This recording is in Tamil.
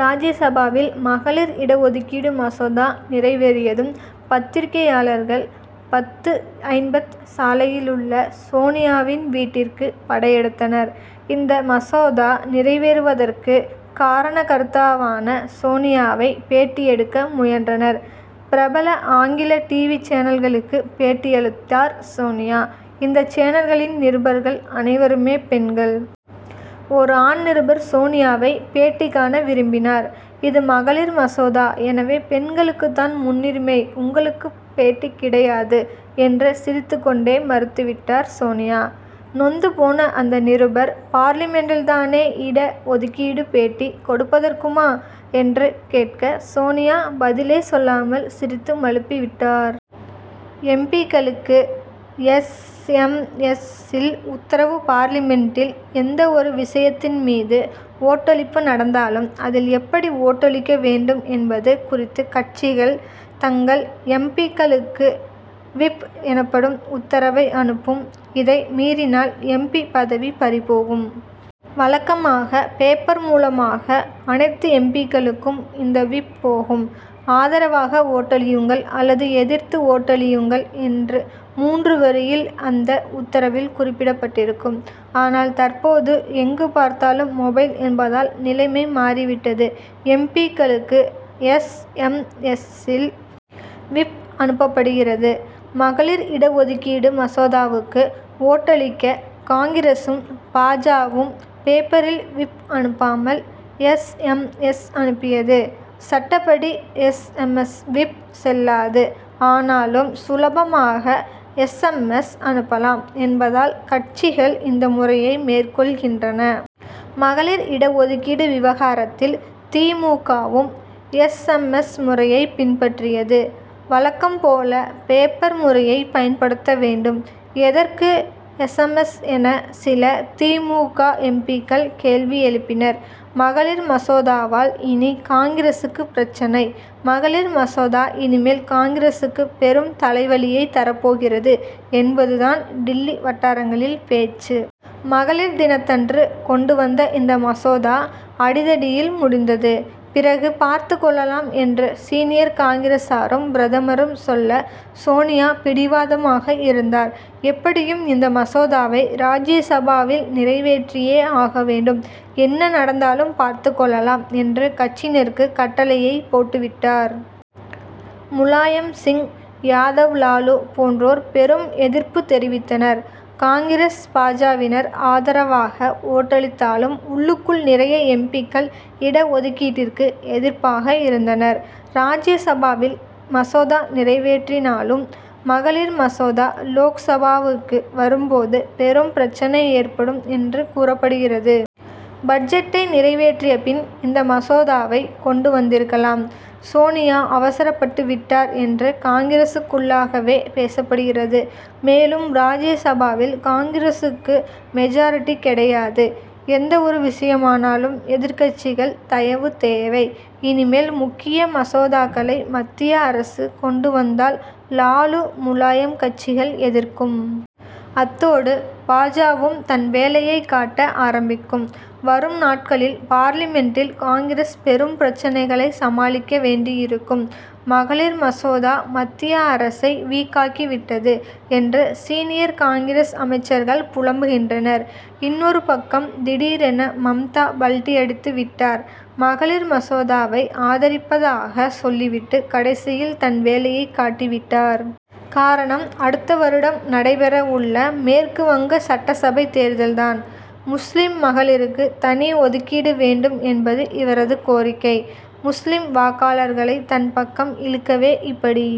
ராஜ்ய சபாவில் மகளிர் இட ஒதுக்கீடு மசோதா நிறைவேறியதும் பத்திரிகையாளர்கள் பத்து ஜன்பத் சாலையிலுள்ள சோனியாவின் வீட்டிற்கு படையெடுத்தனர். இந்த மசோதா நிறைவேறுவதற்கு காரணகர்த்தாவான சோனியாவை பேட்டி எடுக்க முயன்றனர். பிரபல ஆங்கில டிவி சேனல்களுக்கு பேட்டியளித்தார் சோனியா. இந்த சேனல்களின் நிருபர்கள் அனைவருமே பெண்கள். ஒரு ஆண் நிருபர் சோனியாவை பேட்டி காண விரும்பினார். இது மகளிர் மசோதா எனவே பெண்களுக்குத்தான் முன்னுரிமை உங்களுக்குப் பேட்டி கிடையாது என்று சிரித்துக் கொண்டே மறுத்துவிட்டார் சோனியா. நொந்து போன அந்த நிருபர் பார்லிமென்டில்தானே இட ஒதுக்கீடு பேட்டி கொடுப்பதற்குமா? என்று கேட்க சோனியா பதிலே சொல்லாமல் சிரித்து மழுப்பி விட்டார். எம். பி.க்களுக்கு எஸ். எம். எஸ்.சில் உத்தரவு பார்லிமென்டில் எந்த ஒரு விஷயத்தின் மீது ஓட்டளிப்பு நடந்தாலும் அதில் எப்படி ஓட்டளிக்க வேண்டும் என்பது குறித்து கட்சிகள் தங்கள் எம். பி.க்களுக்கு விப் எனப்படும் உத்தரவை அனுப்பும். இதை மீறினால் எம். பி. பதவி பறிபோகும். வழக்கமாக பேப்பர் மூலமாக அனைத்து எம். பி.க்களுக்கும் இந்த விப் போகும். ஆதரவாக ஓட்டளியுங்கள் அல்லது எதிர்த்து ஓட்டளியுங்கள் என்று மூன்று வரியில் அந்த உத்தரவில் குறிப்பிடப்பட்டிருக்கும். ஆனால் தற்போது எங்கு பார்த்தாலும் மொபைல் என்பதால் நிலைமை மாறிவிட்டது. எம். பி.க்களுக்கு எஸ். எம். எஸ்.சில் விப் அனுப்பப்படுகிறது. மகளிர் இடஒதுக்கீடு மசோதாவுக்கு ஓட்டளிக்க காங்கிரசும் பா. ஜ.வும் பேப்பரில் விப் அனுப்பாமல் எஸ். எம். எஸ். அனுப்பியது. சட்டப்படி எஸ். எம். எஸ். விப் செல்லாது. ஆனாலும் சுலபமாக எஸ். எம். எஸ். அனுப்பலாம் என்பதால் கட்சிகள் இந்த முறையை மேற்கொள்கின்றன. மகளிர் இட ஒதுக்கீடு விவகாரத்தில் தி. மு. க.வும் எஸ். எம். எஸ். முறையை பின்பற்றியது. வழக்கம் போல பேப்பர் முறையை பயன்படுத்த வேண்டும் எதற்கு எஸ். எம். எஸ். என சில தி. மு. க. எம். பி.க்கள் கேள்வி எழுப்பினர். மகளிர் மசோதாவால் இனி காங்கிரசுக்கு பிரச்னை மகளிர் மசோதா இனிமேல் காங்கிரசுக்கு பெரும் தலைவலியை தரப்போகிறது என்பதுதான் டில்லி வட்டாரங்களில் பேச்சு. மகளிர் தினத்தன்று கொண்டு வந்த இந்த மசோதா அடிதடியில் முடிந்தது. பிறகு பார்த்துக் கொள்ளலாம் என்று சீனியர் காங்கிரசாரும் பிரதமரும் சொல்ல சோனியா பிடிவாதமாக இருந்தார். எப்படியும் இந்த மசோதாவை ராஜ்யசபாவில் நிறைவேற்றியே ஆக வேண்டும். என்ன நடந்தாலும் பார்த்துக் கொள்ளலாம் என்று கட்சியினருக்கு கட்டளையே போட்டுவிட்டார். முலாயம் சிங் யாதவ் லாலு போன்றோர் பெரும் எதிர்ப்பு தெரிவித்தனர். காங்கிரஸ் பா. ஜ.வினர் ஆதரவாக ஓட்டளித்தாலும் உள்ளுக்குள் நிறைய எம். பி.க்கள் இட ஒதுக்கீட்டிற்கு எதிர்ப்பாக இருந்தனர். ராஜ்ய சபாவில் மசோதா நிறைவேறினாலும் மகளிர் மசோதா லோக்சபாவுக்கு வரும் போது பெரும் பிரச்னை ஏற்படும் என்று கூறப்படுகிறது. பட்ஜெட்டை நிறைவேற்றிய பின் இந்த மசோதாவை கொண்டு வந்திருக்கலாம். சோனியா அவசரப்பட்டு விட்டார் என்று காங்கிரசுக்குள்ளாகவே பேசப்படுகிறது. மேலும் ராஜ்யசபாவில் காங்கிரசுக்கு மெஜாரிடி கிடையாது. எந்த ஒரு விஷயமானாலும் எதிர்க்கட்சிகள் தயவு தேவை. இனிமேல் முக்கிய மசோதாக்களை மத்திய அரசு கொண்டு வந்தால் லாலு முலாயம் கட்சிகள் எதிர்க்கும். அத்தோடு பா. ஜ.வும் தன் வேலையைக் காட்ட ஆரம்பிக்கும். வரும் நாட்களில் பார்லிமென்டில் காங்கிரஸ் பெரும் பிரச்னைகளை சமாளிக்க வேண்டியிருக்கும். மகளிர் மசோதா மத்திய அரசை வீக் ஆக்கிவிட்டது என்று சீனியர் காங்கிரஸ் அமைச்சர்கள் புலம்புகின்றனர். இன்னொரு பக்கம் திடீரென மம்தா பல்டி அடித்துவிட்டார். மகளிர் மசோதாவை ஆதரிப்பதாக சொல்லிவிட்டு கடைசியில் தன் வேலையைக் காட்டிவிட்டார். காரணம் அடுத்த வருடம் நடைபெற உள்ள மேற்கு வங்க சட்டசபை தேர்தல்தான். முஸ்லிம் மகளிருக்கு தனி ஒதுக்கீடு வேண்டும் என்பது இவரது கோரிக்கை. முஸ்லிம் வாக்காளர்களை தன் பக்கம் இழுக்கவே இப்படி.